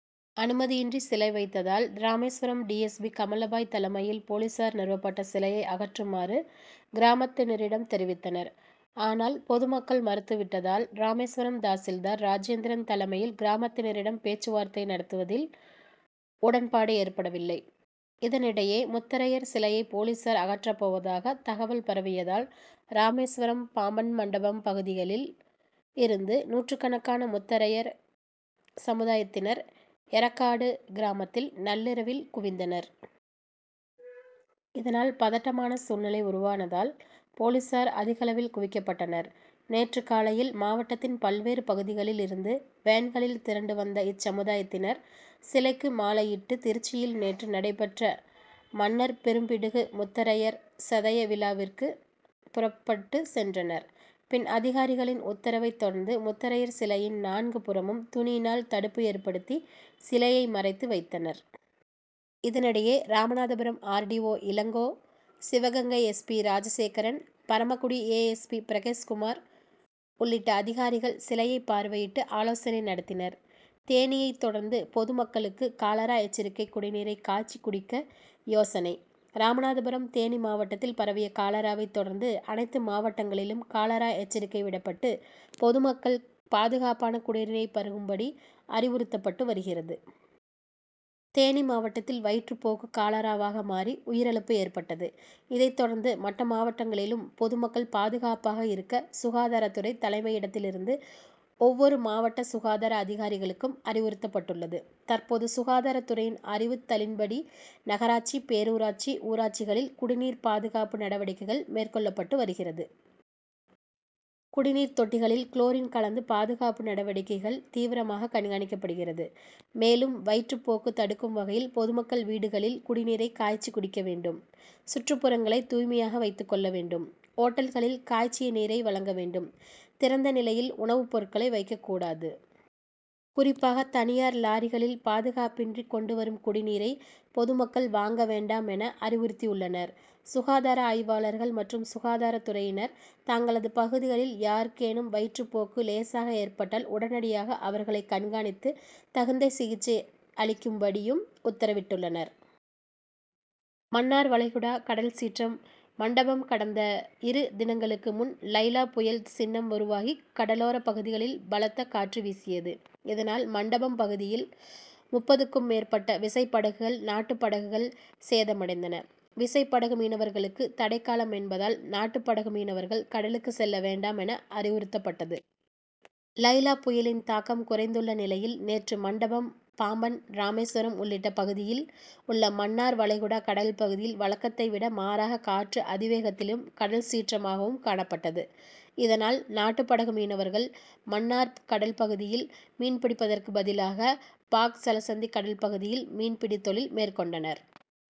அனுமதியின்றி சிலை வைத்ததால் Rameswaram D. S. பி.,கமலபாய் தலைமையில் போலீசார் நிறுவப்பட்ட சிலையை அகற்றுமாறு கிராமத்தினரிடம் தெரிவித்தனர். ஆனால் பொது மக்கள் மறுத்து விட்டதால் ராமேஸ்வரம் தாசில்தார் ராஜேந்திரன் தலைமையில் கிராமத்தினரிடம் பேச்சுவார்த்தை நடத்தியதில் உடன்பாடு ஏற்படவில்லை. இதனிடையே முத்தரையர் சிலையை போலீசார் அகற்றப்போவதாக தகவல் பரவியதால் ராமேஸ்வரம், பாம்பன், மண்டபம் பகுதிகளில் இருந்து நூற்றுக்கணக்கான முத்தரையர் சமுதாயத்தினர் ஏரகாடு கிராமத்தில் நள்ளிரவில் குவிந்தனர். இதனால் பதட்டமான சூழ்நிலை உருவானதால் போலீசார் அதிகளவில் குவிக்கப்பட்டனர். நேற்று காலையில் மாவட்டத்தின் பல்வேறு பகுதிகளில் இருந்து வேன்களில் திரண்டு வந்த இச்சமுதாயத்தினர் சிலைக்கு மாலையிட்டு திருச்சியில் நேற்று நடைபெற்ற மன்னர் பெரும்பிடுகு முத்தரையர் சதய விழாவிற்கு புறப்பட்டு சென்றனர். பின் அதிகாரிகளின் உத்தரவை தொடர்ந்து முத்தரையர் சிலையின் நான்கு புறமும் துணியினால் தடுப்பு ஏற்படுத்தி சிலையை மறைத்து வைத்தனர். இதனிடையே ராமநாதபுரம் ஆர். டி. ஓ., இளங்கோ, சிவகங்கை எஸ். பி.,ராஜசேகரன், பரமக்குடி ஏ. எஸ். பி., பிரகேஷ்குமார் உள்ளிட்ட அதிகாரிகள் சிலையை பார்வையிட்டு ஆலோசனை நடத்தினர். தேனியை தொடர்ந்து பொது மக்களுக்கு காலார எச்சரிக்கை குடிநீரை காய்ச்சி குடிக்க யோசனை ராமநாதபுரம் தேனி மாவட்டத்தில் பரவிய காலாரவை தொடர்ந்து அனைத்து மாவட்டங்களிலும் காலார எச்சரிக்கை விடப்பட்டு பொது மக்கள் பாதுகாப்பான குடிநீரை பருகும்படி அறிவுருத்தப்பட்டு வருகிறது. தேனி மாவட்டத்தில் வயிற்று போக்கு காலாராவாக மாறி உயிரிழப்பு ஏற்பட்டது. இதை தொடர்ந்து மற்ற மாவட்டங்களில் பொது மக்கள் பாதுகாப்பாக இருக்க சுகாதார துறை தலைமையிடத்திலிருந்து ஒவ்வொரு மாவட்ட சுகாதார அதிகாரிகளுக்கும் அறிவுருத்தப்பட்டுள்ளது. தற்போது சுகாதார துறையின் அறிவுறுத் தலின்படி நகராட்சி, பேரூராட்சி, ஊராட்சிகளில் குடிநீர் பாதுகாப்பு நடவடிக்கைகள் மேற்கொள்ளப்பட்டு வருகிறது. குடிநீர் தொட்டிகளில் குளோரின் கலந்து பாதுகாப்பு நடவடிக்கைகள் தீவிரமாக கண்காணிக் கப்படுகிறது. மேலும் வயிற்று போக்கு தடுக்கும் வகையில் பொதுமக்கள் வீடுகளில் குடிநீரை காய்ச்சி குடிக்க வேண்டும். சுற்றுப்புறங்களை தூய்மையாக வைத்துக் கொள்ள வேண்டும். ஓட்டல்களில் காய்ச்சிய நீரை வழங்க வேண்டும். திறந்த நிலையில் உணவு பொருட்களை வைக்கக்கூடாது. குறிப்பாக தனியார் லாரிகளில் பாதுகாப்பின்றி கொண்டு வரும் குடிநீரை பொது மக்கள் வாங்க வேண்டாம் என அறிவுருத்தியுள்ளனர். சுகாதார ஆய்வாளர்கள் மற்றும் சுகாதார துறையினர் தங்களது பகுதிகளில் யாருக்கேனும் வயிற்று போக்கு லேசாக ஏற்பட்டால் உடனடியாக அவர்களை கண்காணித்து தகுந்த சிகிச்சை அளிக்கும்படியும் உத்தரவிட்டு ள்ளனர். மன்னார் வளைகுடா கடல் சீற்றம் மண்டபம் கடந்த இரு தினங்களுக்கு முன் லைலா புயல் சின்னம் உருவாகி கடலோர பகுதிகளில் பலத்த காற்று வீசியது. இதனால் மண்டபம் பகுதியில் முப்பதுக்கும் மேற்பட்ட விசைப்படகுகள், நாட்டுப்படகுகள் சேதமடைந்தன. விசைப்படகு மீனவர்களுக்கு தடைக்காலம் என்பதால், நாட்டுப்படகு மீனவர்கள் கடலுக்கு செல்ல வேண்டாம் என அறிவுறுத்தப்பட்டது. லைலா புயலின் தாக்கம் குறைந்துள்ள நிலையில் நேற்று மண்டபம், பாம்பன், ராமேஸ்வரம் உள்ளிட்ட பகுதியில் உள்ள மன்னார் வளைகுடா கடல்பகுதியில் வழக்கத்தை விட மாறாக காற்று அதிவேகத்திலும், கடல் சீற்றமாகவும் காணப்பட்டது. இதனால் நாட்டுப்படகு மீனவர்கள் மன்னார் கடல் பகுதியில் மீன்பிடிப்பதற்கு பதிலாக பாக் ஜலசந்தி கடல்பகுதியில் மீன்பிடி தொழில் மேற்கொண்டனர்.